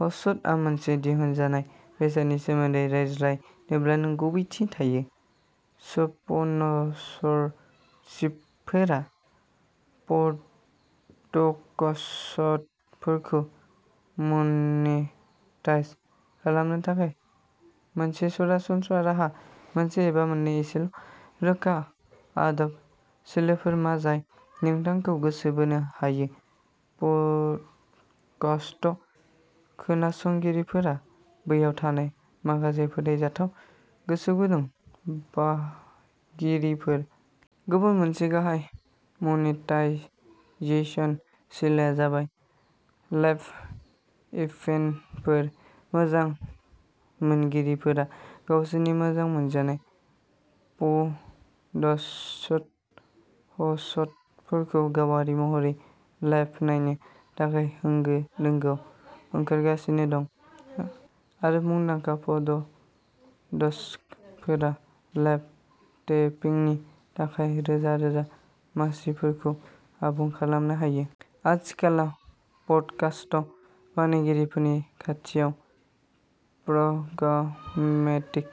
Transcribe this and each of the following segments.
ह'स्टआ मोनसे दिहुनजानाय बेसादनि सोमोन्दै रायज्लायनोब्ला नंगुबैथि थायो। स्पनसरशिपफोरा पड'डकास्टफोरखौ मनिटाइज खालामनो थाखाय मोनसे सरासनस्रा राहा। मोनसे एबा मोननै एसेल' रोखा आदब सोलोफोर मा जाय नोंथांखौ गोसो बोनो हायो? प'डकास्ट खोनासंगिरिफोरा बैयाव थानाय माखासे फोथायजाथाव, गोसोगुदुं बायगिरिफोर। गुबुन मोनसे गाहाय मनेटाइजेशन सोलोआ जाबाय लाइभ इभेन्टफोर। मोजां मोनगिरिफोरा गावसोरनि मोजां मोनजानाय प'डास्ट ह'स्टफोरखौ गावारि महरै लाइभ नायनो थाखाय होंगो-दोंगोआव ओंखारगासिनो दं आरो मुंदांखा पड'डास्टफोरा लाइभ टेपिंनि थाखाय रोजा-रोजा मासिफोरखौ आबुं खालामनो हायो। आथिखालाव पडकास्टम बानायगिरिफोरनि खाथियाव प्रग्रामेटिक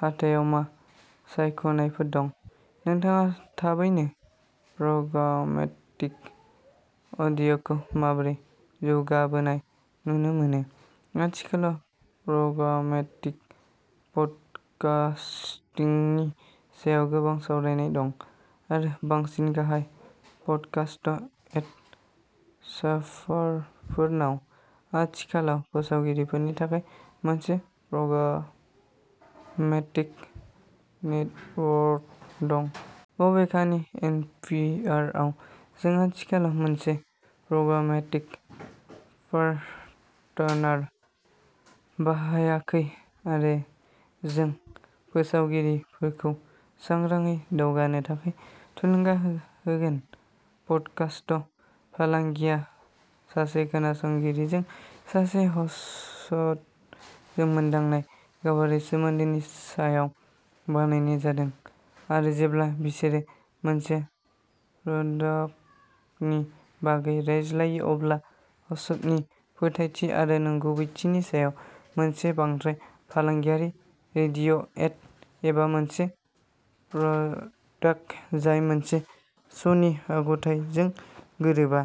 हाथायाव मा सायख'नायफोर दं? नोंथाङा थाबैनो प्रग्रामेटिक अडिय'खौ माबोरै जौगाबोनाय नुनो मोनो? आथिखालाव प्रग्रामेटिक पडकास्टिंनि सायाव गोबां सावरायनाय दं आरो बांसिन गाहाय पडकास्ट एड साफारफोरनाव आथिखालाव फोसावगिरिफोरनि थाखाय मोनसे प्रग्रामेटिक नेटवर्क दं। बबेखानि एनपिआरआव जों आथिखालाव मोनसे प्रग्रामेटिक पार्टनार बाहायाखै आरो जों फोसावगिरिफोरखौ सांग्राङै दावगानो थाखाय थुलुंगा होगोन। पडकास्ट फालांगिया सासे खोनासंगिरिजों सासे ह'सटजों मोनदांनाय गावारि सोमोन्दोनि सायाव बानायनाय जादों आरो जेब्ला बिसोरो मोनसे प्रडाक्टनि बागै रायज्लायो अब्ला ह'सटनि फोथायथि आरो नंगुबैथिनि सायाव मोनसे बांद्राय फालांगियारि रेडिय'एड, एबा मोनसे प्रडाक्ट जाय मोनसे श'नि आखुथाइजों गोरोबा,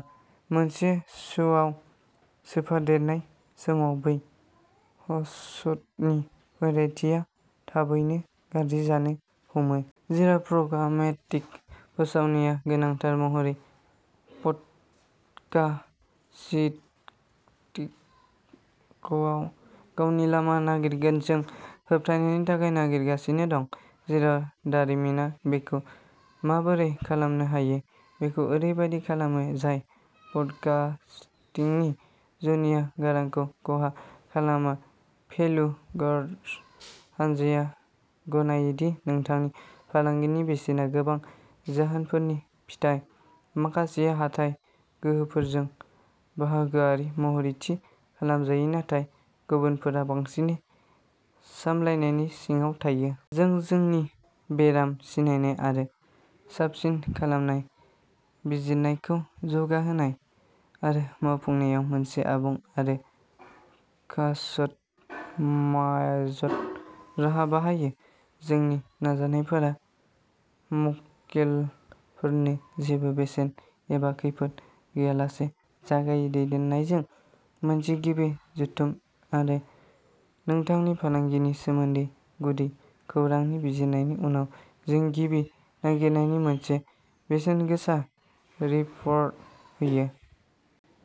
मोनसे श'आव सोफादेरनाय समाव बै ह'सटनि फोथायथिआ थाबैनो गाज्रि जानो हमो। जेराव प्रग्रामेटिक फोसावनाया गोनांथार महरै पडकासिटिकगआव गावनि लामा नागिरगोन, जों होबथानायनि थाखाय नारसिनगासिनो दं, जेराव दारिमिना बेखौ माबोरै खालामनो हायो बेखौ ओरैबायदि खालामो, जाय पडकास्टिंनि जुनिया गारांखौ खहा खालामा। भेलु गार्डस हान्जाया गनायो दि नोंथांनि फालांगिनि बेसेना गोबां जाहोनफोरनि फिथाय, माखासेआ हाथाइ गोहोफोरजों बाहागोआरि महरै थि खालामजायो, नाथाय गुबुनफोरा बांसिनै सामलायनायनि सिङाव थायो। जों जोंनि बेराम सिनायनाय आरो साबसिन खालामनाय बिजिरनायखौ जौगाहोनाय आरो मावफुंनायाव मोनसे आबुं आरो कास्टमाइज्ड राहा बाहायो। जोंनि नाजानायफोरा मक्केलफोरनो जेबो बेसेन एबा खैफोद गैयालासे जागायो। दैदेननायजों मोनसे गिबि जथुम आरो नोंथांनि फालांगिनि सोमोन्दै गुदि खौरांनि बिजिरनायनि उनाव, जों गिबि नागिरनायनि मोनसे बेसेनगोसा रिपर्ट होयो।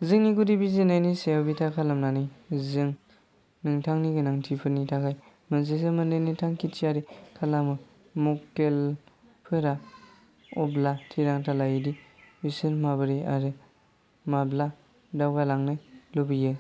जोंनि गुदि बिजिरनायनि सायाव बिथा खालामनानै, जों नोंथांनि गोनांथिफोरनि थाखाय मोनसे सोमोन्दोनि थांखि थियारि खालामो। मक्केलफोरा अब्ला थिरांथा लायो दि बिसोर माबोरै, आरो माब्ला दावगालांनो लुबैयो।